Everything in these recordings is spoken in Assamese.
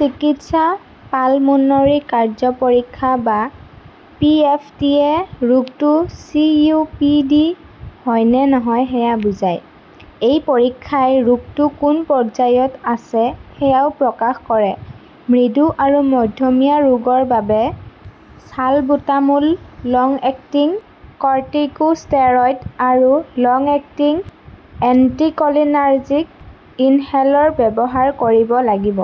চিকিৎসা পালমোনৰী কাৰ্য্য পৰীক্ষা বা পি. এফ. টি. -য়ে ৰোগটো চি. ও. পি. ডি. হয় নে নহয় সেয়া বুজায়। এই পৰীক্ষাই ৰোগটো কোন পৰ্যায়ত আছে সেয়াও প্ৰকাশ কৰে। মৃদু আৰু মধ্যমীয়া ৰোগৰ বাবে চালবুটামোল, লং-এক্টিং কৰ্টিকোষ্টেৰইড আৰু লং-এক্টিং এণ্টিকলিনাৰ্জিক ইনহেলৰ ব্যৱহাৰ কৰিব লাগিব।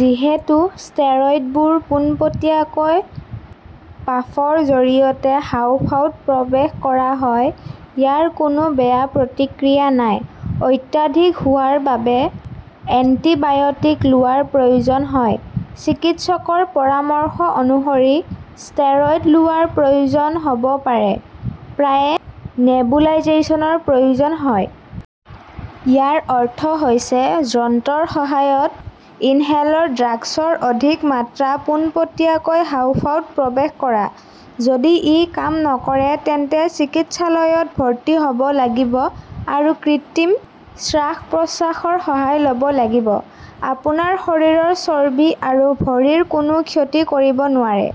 যিহেতু ষ্টেৰইডবোৰ পোনপটীয়াকৈ পাফৰ জৰিয়তে হাঁওফাঁওত প্ৰৱেশ কৰা হয়, ইয়াৰ কোনো বেয়া প্ৰতিক্ৰিয়া নাই। অত্যাধিক হোৱাৰ বাবে এন্টিবায়টিক লোৱাৰ প্ৰয়োজন হয়। চিকিৎসকৰ পৰামৰ্শ অনুসৰি ষ্টেৰইড লোৱাৰ প্ৰয়োজন হব পাৰে। প্ৰায়ে নেবুলাইজেচনৰ প্ৰয়োজন হয়। ইয়াৰ অৰ্থ হৈছে যন্ত্ৰৰ সহায়ত ইনহেলৰ ড্ৰাগছৰ অধিক মাত্ৰা পোনপটীয়াকৈ হাঁওফাঁওত প্ৰৱেশ কৰা। যদি ই কাম নকৰে তেন্তে চিকিৎসালয়ত ভৰ্তি হব লাগিব আৰু কৃত্ৰিম শ্বাস-প্ৰশ্বাসৰ সহায় লব লাগিব। আপোনাৰ শৰীৰৰ চৰ্বি আৰু ভৰিৰ কোনো ক্ষতি কৰিব নোৱাৰে?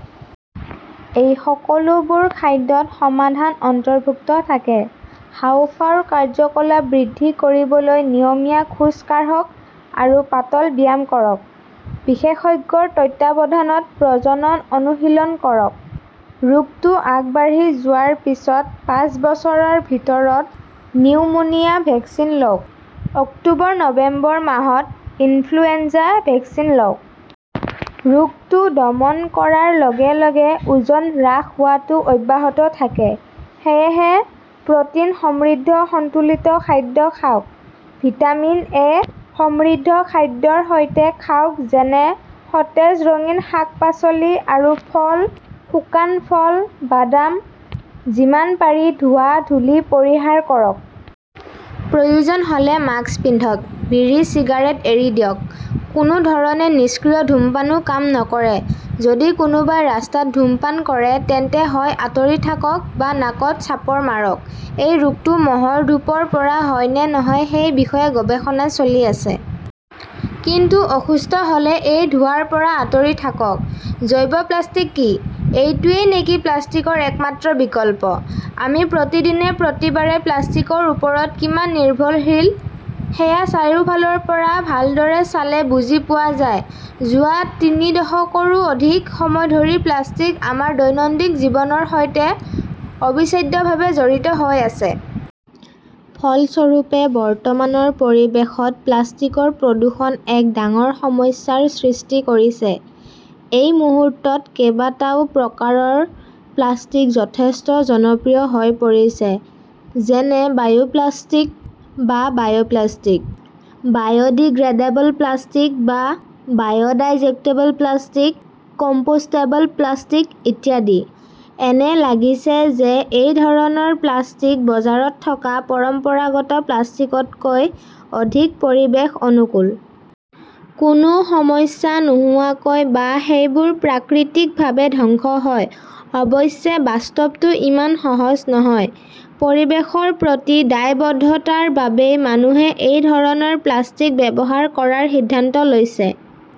এই সকলোবোৰ খাদ্যত সমাধান অন্তৰ্ভুক্ত থাকেঃ হাঁওফাঁওৰ কাৰ্য্যকলাপ বৃদ্ধি কৰিবলৈ নিয়মীয়া খোজ কাঢ়ক আৰু পাতল ব্যায়াম কৰক। বিশেষজ্ঞৰ তত্বাৱধানত প্ৰজনন অনুশীলন কৰক। ৰোগটো আগবাঢ়ি যোৱাৰ পিছত পাঁচ বছৰৰ ভিতৰত নিউমোনিয়া ভেকচিন লওক। অক্টোবৰ-নৱেম্বৰ মাহত ইনফ্লুৱেঞ্জা ভেকচিন লওক। ৰোগটো দমন কৰাৰ লগে লগে ওজন হ্ৰাস হোৱাটো অব্যাহত থাকে। সেয়েহে, প্ৰ 'টিন সমৃদ্ধ সন্তুলিত খাদ্য খাওক। ভিটামিন এ সমৃদ্ধ খাদ্যৰ সৈতে খাওক-যেনে সতেজ ৰঙীন শাক-পাচলি আৰু ফল, শুকান ফল, বাদাম। যিমান পাৰি ধোঁৱা, ধূলি পৰিহাৰ কৰক। প্ৰয়োজন হলে মাস্ক পিন্ধক। বিড়ি-চিগাৰেট এৰি দিয়ক। কোনো ধৰণে নিষ্ক্ৰিয় ধূমপানও কাম নকৰে। যদি কোনোবাই ৰাস্তাত ধূমপান কৰে তেন্তে হয় আঁতৰি থাকক বা নাকত চাপৰ মাৰক। এই ৰোগটো মহৰ ধূপৰ পৰা হয় নে নহয় সেই বিষয়ে গৱেষণা চলি আছে। কিন্তু অসুস্থ হলে এই ধোঁৱাৰ পৰা আঁতৰি থাকক। জৈৱ-প্লাষ্টিক কি? এইটোৱেই নেকি প্লাষ্টিকৰ একমাত্ৰ বিকল্প? আমি প্ৰতিদিনে, প্ৰতিবাৰে প্লাষ্টিকৰ ওপৰত কিমান নিৰ্ভৰশীল সেয়া চাৰিওফালৰ পৰা ভালদৰে চালে বুজি পোৱা যায়। যোৱা তিনি দশকৰো অধিক সময় ধৰি প্লাষ্টিক আমাৰ দৈনন্দিন জীৱনৰ সৈতে অবিচ্ছেদ্যভাৱে জড়িত হৈ আছে। ফলস্বৰূপে, বৰ্তমানৰ পৰিৱেশত প্লাষ্টিকৰ প্ৰদূষণ এক ডাঙৰ সমস্যাৰ সৃষ্টি কৰিছে। এই মুহূৰ্তত কেইবাটাও প্ৰকাৰৰ প্লাষ্টিক যথেষ্ট জনপ্ৰিয় হৈ পৰিছে। যেনে বায়োপ্লাস্টিক বা বায়োপ্লাস্টিক, বায়ডিগ্ৰেডেবল প্লাষ্টিক বা বায়ডাইজেক্টেবল প্লাষ্টিক, কম্পোষ্টেবল প্লাষ্টিক ইত্যাদি। এনে লাগিছে যে এই ধৰণৰ প্লাষ্টিক বজাৰত থকা পৰম্পৰাগত প্লাষ্টিকতকৈ অধিক পৰিৱেশ অনুকূল। কোনো সমস্যা নোহোৱাকৈ বা সেইবোৰ প্ৰাকৃতিকভাৱে ধ্বংস হয়। অৱশ্যে, বাস্তৱটো ইমান সহজ নহয়। পৰিৱেশৰ প্ৰতি দায়বদ্ধতাৰ বাবেই মানুহে এই ধৰণৰ প্লাষ্টিক ব্যৱহাৰ কৰাৰ সিদ্ধান্ত লৈছে।